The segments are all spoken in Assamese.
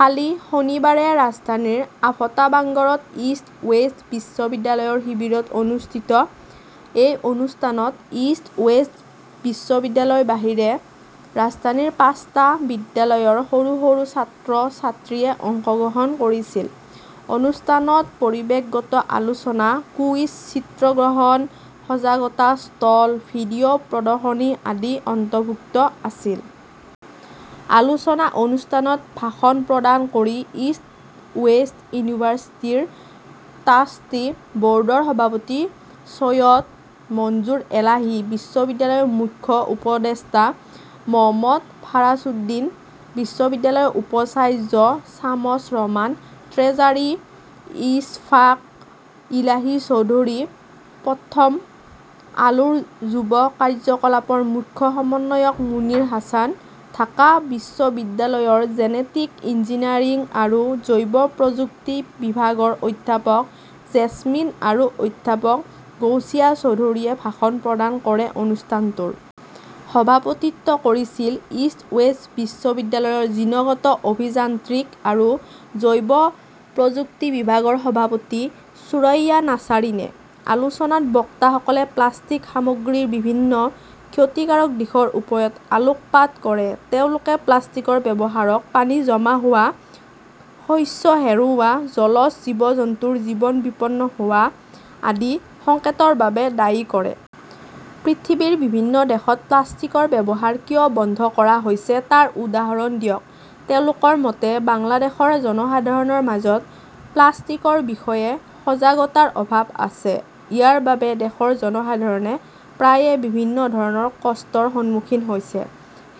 কালি শনিবাৰে ৰাজধানীৰ আফতাবাংগৰত ইষ্ট ৱেষ্ট বিশ্ববিদ্যালয়ৰ শিবিৰত অনুষ্ঠিত এই অনুষ্ঠানত ইষ্ট ৱেষ্ট বিশ্ববিদ্যালয়ৰ বাহিৰে ৰাজধানীৰ পাঁচটা বিদ্যালয়ৰ সৰু সৰু ছাত্ৰ-ছাত্ৰীয়ে অংশগ্ৰহণ কৰিছিল। অনুষ্ঠানত পৰিৱেশগত আলোচনা, কুইজ, চিত্ৰগ্ৰহণ, সজাগতা ষ্টল, ভিডিঅ 'প্ৰদৰ্শনী আদি অন্তৰ্ভুক্ত আছিল। আলোচনা অনুষ্ঠানত ভাষণ প্ৰদান কৰি ইষ্ট ৱেষ্ট ইউনিভাৰ্চিটিৰ ট্ৰাষ্টী ব'ৰ্ডৰ সভাপতি চৈয়দ মঞ্জুৰ এলাহী, বিশ্ববিদ্যালয়ৰ মুখ্য উপদেষ্টা মহম্মদ ফাৰাসুদ্দিন, বিশ্ববিদ্যালয়ৰ উপাচাৰ্য শামছ ৰহমান, ট্ৰেজাৰী ইছফাক ইলাহি চৌধুৰী, প্ৰথম আলোৰ যুৱ কাৰ্যকলাপৰ মুখ্য সমন্বয়ক মুনিৰ হাছান, ঢাকা বিশ্ববিদ্যালয়ৰ জেনেটিক ইঞ্জিনিয়াৰিং আৰু জৈৱ প্ৰযুক্তি বিভাগৰ অধ্যাপক জেছমিন আৰু অধ্যাপক গৌচিয়া চৌধুৰীয়ে ভাষণ প্ৰদান কৰে। অনুষ্ঠানটোৰ সভাপতিত্ব কৰিছিল ইষ্ট ৱেষ্ট বিশ্ববিদ্যালয়ৰ জিনগত অভিযান্ত্ৰিক আৰু জৈৱ প্ৰযুক্তি বিভাগৰ সভাপতি সুৰাইয়া নাছাৰিনে। আলোচনাত বক্তাসকলে প্লাষ্টিক সামগ্ৰীৰ বিভিন্ন ক্ষতিকাৰক দিশৰ ওপৰত আলোকপাত কৰে। তেওঁলোকে প্লাষ্টিকৰ ব্যৱহাৰক পানী জমা হোৱা, শস্য হেৰুওৱা, জলজ জীৱ-জন্তুৰ জীৱন বিপন্ন হোৱা আদি সংকটৰ বাবে দায়ী কৰে। পৃথিৱীৰ বিভিন্ন দেশত প্লাষ্টিকৰ ব্যৱহাৰ কিয় বন্ধ কৰা হৈছে তাৰ উদাহৰণ দিয়ক। তেওঁলোকৰ মতে, বাংলাদেশৰ জনসাধাৰণৰ মাজত প্লাষ্টিকৰ বিষয়ে সজাগতাৰ অভাৱ আছে। ইয়াৰ বাবে দেশৰ জনসাধাৰণে প্ৰায়ে বিভিন্ন ধৰণৰ কষ্টৰ সন্মুখীন হৈছে।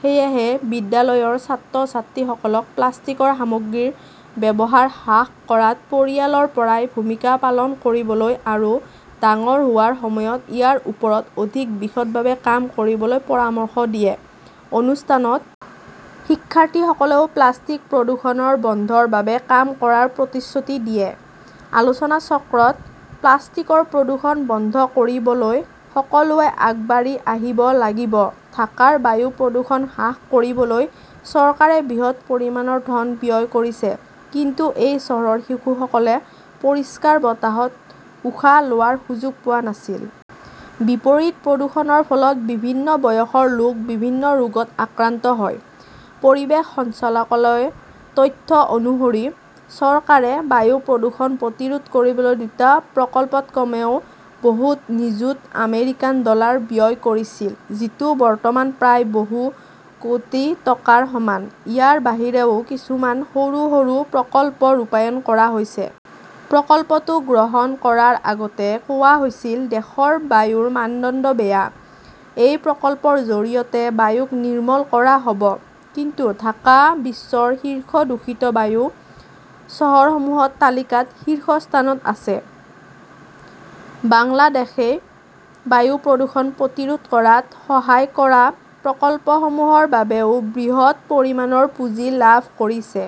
সেয়েহে, বিদ্যালয়ৰ ছাত্ৰ-ছাত্ৰীসকলক প্লাষ্টিক সামগ্ৰীৰ ব্যৱহাৰ হ্ৰাস কৰাত পৰিয়ালৰ পৰাই ভূমিকা পালন কৰিবলৈ আৰু ডাঙৰ হোৱাৰ সময়ত ইয়াৰ ওপৰত অধিক বিশদভাৱে কাম কৰিবলৈ পৰামৰ্শ দিয়ে। অনুষ্ঠানত শিক্ষাৰ্থীসকলেও প্লাষ্টিক প্ৰদূষণ বন্ধৰ বাবে কাম কৰাৰ প্ৰতিশ্ৰুতি দিয়ে। আলোচনাচক্ৰত প্লাষ্টিকৰ প্ৰদূষণ বন্ধ কৰিবলৈ সকলোৱে আগবাঢ়ি আহিব লাগিব ঢাকাৰ বায়ু প্ৰদূষণ হ্ৰাস কৰিবলৈ চৰকাৰে বৃহৎ পৰিমাণৰ ধন ব্যয় কৰিছে। কিন্তু এই চহৰৰ শিশুসকলে পৰিষ্কাৰ বতাহত উশাহ লোৱাৰ সুযোগ পোৱা নাছিল। বিপৰীত প্ৰদূষণৰ ফলত বিভিন্ন বয়সৰ লোক বিভিন্ন ৰোগত আক্ৰান্ত হয়। পৰিৱেশ সঞ্চালকালয়ৰ তথ্য অনুসৰি, চৰকাৰে বায়ু প্ৰদূষণ প্ৰতিৰোধ কৰিবলৈ দুটা প্ৰকল্পত কমেও বহু নিযুত আমেৰিকান ডলাৰ ব্যয় কৰিছিল, যিটো বৰ্তমান প্ৰায় বহু কোটি টকাৰ সমান। ইয়াৰ বাহিৰেও কিছুমান সৰু সৰু প্ৰকল্প ৰূপায়ণ কৰা হৈছে। প্ৰকল্পটো গ্ৰহণ কৰাৰ আগতে কোৱা হৈছিল, 'দেশৰ বায়ুৰ মানদণ্ড বেয়া'। এই প্ৰকল্পৰ জৰিয়তে বায়ুক 'নিৰ্মল' কৰা হ'ব। কিন্তু ঢাকা বিশ্বৰ শীৰ্ষ দূষিত বায়ু চহৰসমূহৰ তালিকাত শীৰ্ষস্থানত আছে। বাংলাদেশই বায়ু প্ৰদূষণ প্ৰতিৰোধ কৰাত সহায় কৰা প্ৰকল্পসমূহৰ বাবেও বৃহৎ পৰিমাণৰ পুঁজি লাভ কৰিছে।